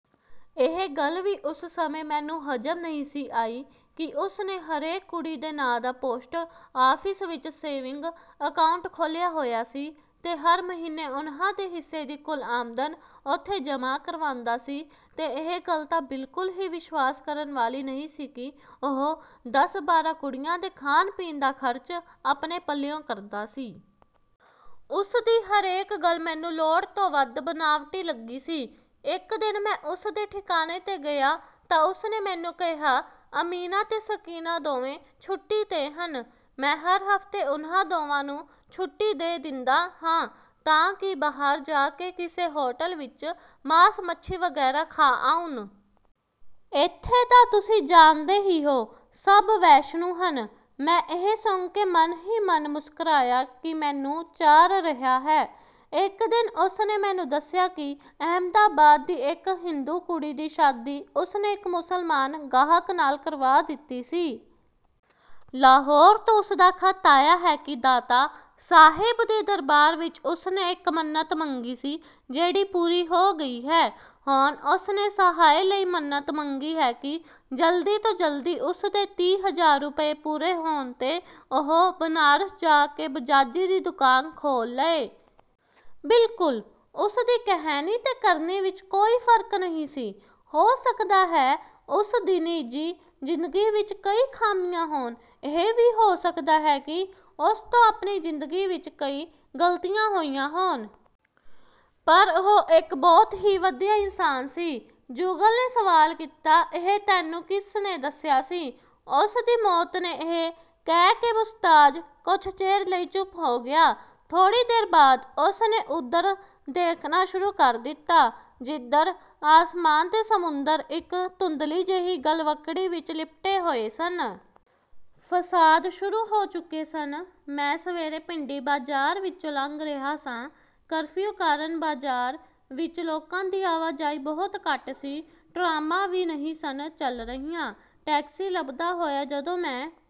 ਇਹ ਗੱਲ ਵੀ ਉਸ ਸਮੇਂ ਮੈਨੂੰ ਹਜ਼ਮ ਨਹੀਂ ਸੀ ਆਈ ਕਿ ਉਸ ਨੇ ਹਰੇਕ ਕੁੜੀ ਦੇ ਨਾਂ ਦਾ ਪੋਸਟ ਆਫਿਸ ਵਿੱਚ ਸੇਵਿੰਗ ਅਕਾੰਊਂਟ ਖੋਲ੍ਹਿਆ ਹੋਇਆ ਸੀ ਤੇ ਹਰ ਮਹੀਨੇ ਉਹਨਾਂ ਦੇ ਹਿੱਸੇ ਦੀ ਕੁੱਲ ਆਮਦਨ ਉੱਥੇ ਜਮ੍ਹਾਂ ਕਰਵਾਂਦਾ ਸੀ ਤੇ ਇਹ ਗੱਲ ਤਾਂ ਬਿਲਕੁਲ ਹੀ ਵਿਸ਼ਵਾਸ ਕਰਨ ਵਾਲੀ ਨਹੀਂ ਸੀ ਕਿ ਉਹ ਦਸ ਬਾਰਾਂ ਕੁੜੀਆਂ ਦੇ ਖਾਣ-ਪੀਣ ਦਾ ਖਰਚ ਆਪਣੇ ਪੱਲਿਓਂ ਕਰਦਾ ਸੀ। ਉਸ ਦੀ ਹਰੇਕ ਗੱਲ ਮੈਨੂੰ ਲੋੜ ਤੋਂ ਵੱਧ ਬਣਾਵਟੀ ਲੱਗੀ ਸੀ। ਇਕ ਦਿਨ ਮੈਂ ਉਸ ਦੇ ਠਿਕਾਣੇ 'ਤੇ ਗਿਆ ਤਾਂ ਉਸ ਨੇ ਮੈਨੂੰ ਕਿਹਾ, ਅਮੀਨਾ ਤੇ ਸਕੀਨਾ ਦੋਵੇਂ ਛੁੱਟੀ 'ਤੇ ਹਨ। ਮੈਂ ਹਰ ਹਫ਼ਤੇ ਉਹਨਾਂ ਦੋਵਾਂ ਨੂੰ ਛੁੱਟੀ ਦੇ ਦਿੰਦਾ ਹਾਂ ਤਾਂ ਕਿ ਬਾਹਰ ਜਾ ਕੇ ਕਿਸੇ ਹੋਟਲ ਵਿੱਚ ਮਾਸ ਮੱਛੀ ਵਗੈਰਾ ਖਾ ਆਉਣ। ਇੱਥੇ ਤਾਂ ਤੁਸੀਂ ਜਾਣਦੇ ਹੀ ਹੋ, ਸਭ ਵੈਸ਼ਨੂੰ ਹਨ। ਮੈਂ ਇਹ ਸੁਣ ਕੇ ਮਨ ਹੀ ਮਨ ਮੁਸਕਰਾਇਆ ਕਿ ਮੈਨੂੰ ਚਾਰ ਰਿਹਾ ਹੈ। ਇਕ ਦਿਨ ਉਸ ਨੇ ਮੈਨੂੰ ਦੱਸਿਆ ਕਿ ਅਹਿਮਦਾਬਾਦ ਦੀ ਇਕ ਹਿੰਦੂ ਕੁੜੀ ਦੀ ਸ਼ਾਦੀ ਉਸ ਨੇ ਇਕ ਮੁਸਲਮਾਨ ਗਾਹਕ ਨਾਲ ਕਰਵਾ ਦਿੱਤੀ ਸੀ। ਲਾਹੌਰ ਤੋਂ ਉਸ ਦਾ ਖ਼ਤ ਆਇਆ ਹੈ ਕਿ ਦਾਤਾ ਸਾਹਿਬ ਦੇ ਦਰਬਾਰ ਵਿੱਚ ਉਸ ਨੇ ਇਕ ਮੰਨਤ ਮੰਗੀ ਸੀ, ਜਿਹੜੀ ਪੂਰੀ ਹੋ ਗਈ ਹੈ। ਹੁਣ ਉਸ ਨੇ ਸਹਾਏ ਲਈ ਮੰਨਤ ਮੰਗੀ ਹੈ ਕਿ ਜਲਦੀ ਤੋਂ ਜਲਦੀ ਉਸ ਦੇ ਤੀਹ ਹਜ਼ਾਰ ਰੁਪਏ ਪੂਰੇ ਹੋਣ ਤੇ ਉਹ ਬਨਾਰਸ ਜਾ ਕੇ ਬਜਾਜੀ ਦੀ ਦੁਕਾਨ ਖੋਲ੍ਹ ਲਏ। ਬਿਲਕੁਲ, ਉਸ ਦੀ ਕਹਿਣੀ ਤੇ ਕਰਨੀ ਵਿੱਚ ਕੋਈ ਫਰਕ ਨਹੀਂ ਸੀ। ਹੋ ਸਕਦਾ ਹੈ ਉਸ ਦੀ ਨਿੱਜੀ ਜ਼ਿੰਦਗੀ ਵਿੱਚ ਕਈ ਖ਼ਾਮੀਆਂ ਹੋਣ। ਇਹ ਵੀ ਹੋ ਸਕਦਾ ਹੈ ਕਿ ਉਸ ਤੋਂ ਆਪਣੀ ਜ਼ਿੰਦਗੀ ਵਿੱਚ ਕਈ ਗ਼ਲਤੀਆਂ ਹੋਈਆਂ ਹੋਣ। ਪਰ ਉਹ ਇਕ ਬਹੁਤ ਹੀ ਵਧੀਆ ਇਨਸਾਨ ਸੀ। ਜੁਗਲ ਨੇ ਸਵਾਲ ਕੀਤਾ, ਇਹ ਤੈਨੂੰ ਕਿਸ ਨੇ ਦੱਸਿਆ ਸੀ? ਉਸ ਦੀ ਮੌਤ ਨੇ, ਇਹ ਕਹਿ ਕੇ ਮੁਸਤਾਜ਼ ਕੁਝ ਚਿਰ ਲਈ ਚੁੱਪ ਹੋ ਗਿਆ। ਥੋੜ੍ਹੀ ਦੇਰ ਬਾਅਦ ਉਸ ਨੇ ਉਧਰ ਦੇਖਣਾ ਸ਼ੁਰੂ ਕਰ ਦਿੱਤਾ ਜਿੱਧਰ ਆਸਮਾਨ ਤੇ ਸਮੁੰਦਰ ਇਕ ਧੁੰਦਲੀ ਜਿਹੀ ਗਲਵੱਕੜੀ ਵਿੱਚ ਲਿਪਟੇ ਹੋਏ ਸਨ। ਫਸਾਦ ਸ਼ੁਰੂ ਹੋ ਚੁੱਕੇ ਸਨ। ਮੈਂ ਸਵੇਰੇ ਭਿੰਡੀ ਬਾਜ਼ਾਰ ਵਿੱਚੋਂ ਲੰਘ ਰਿਹਾ ਸਾਂ। ਕਰਫ਼ਿਊ ਕਾਰਨ ਬਾਜ਼ਾਰ ਵਿੱਚ ਲੋਕਾਂ ਦੀ ਆਵਾਜਾਈ ਬਹੁਤ ਘੱਟ ਸੀ। ਟ੍ਰਾਮਾਂ ਵੀ ਨਹੀਂ ਸਨ ਚੱਲ ਰਹੀਆਂ। ਟੈਕਸੀ ਲੱਭਦਾ ਹੋਇਆ ਜਦੋਂ ਮੈਂ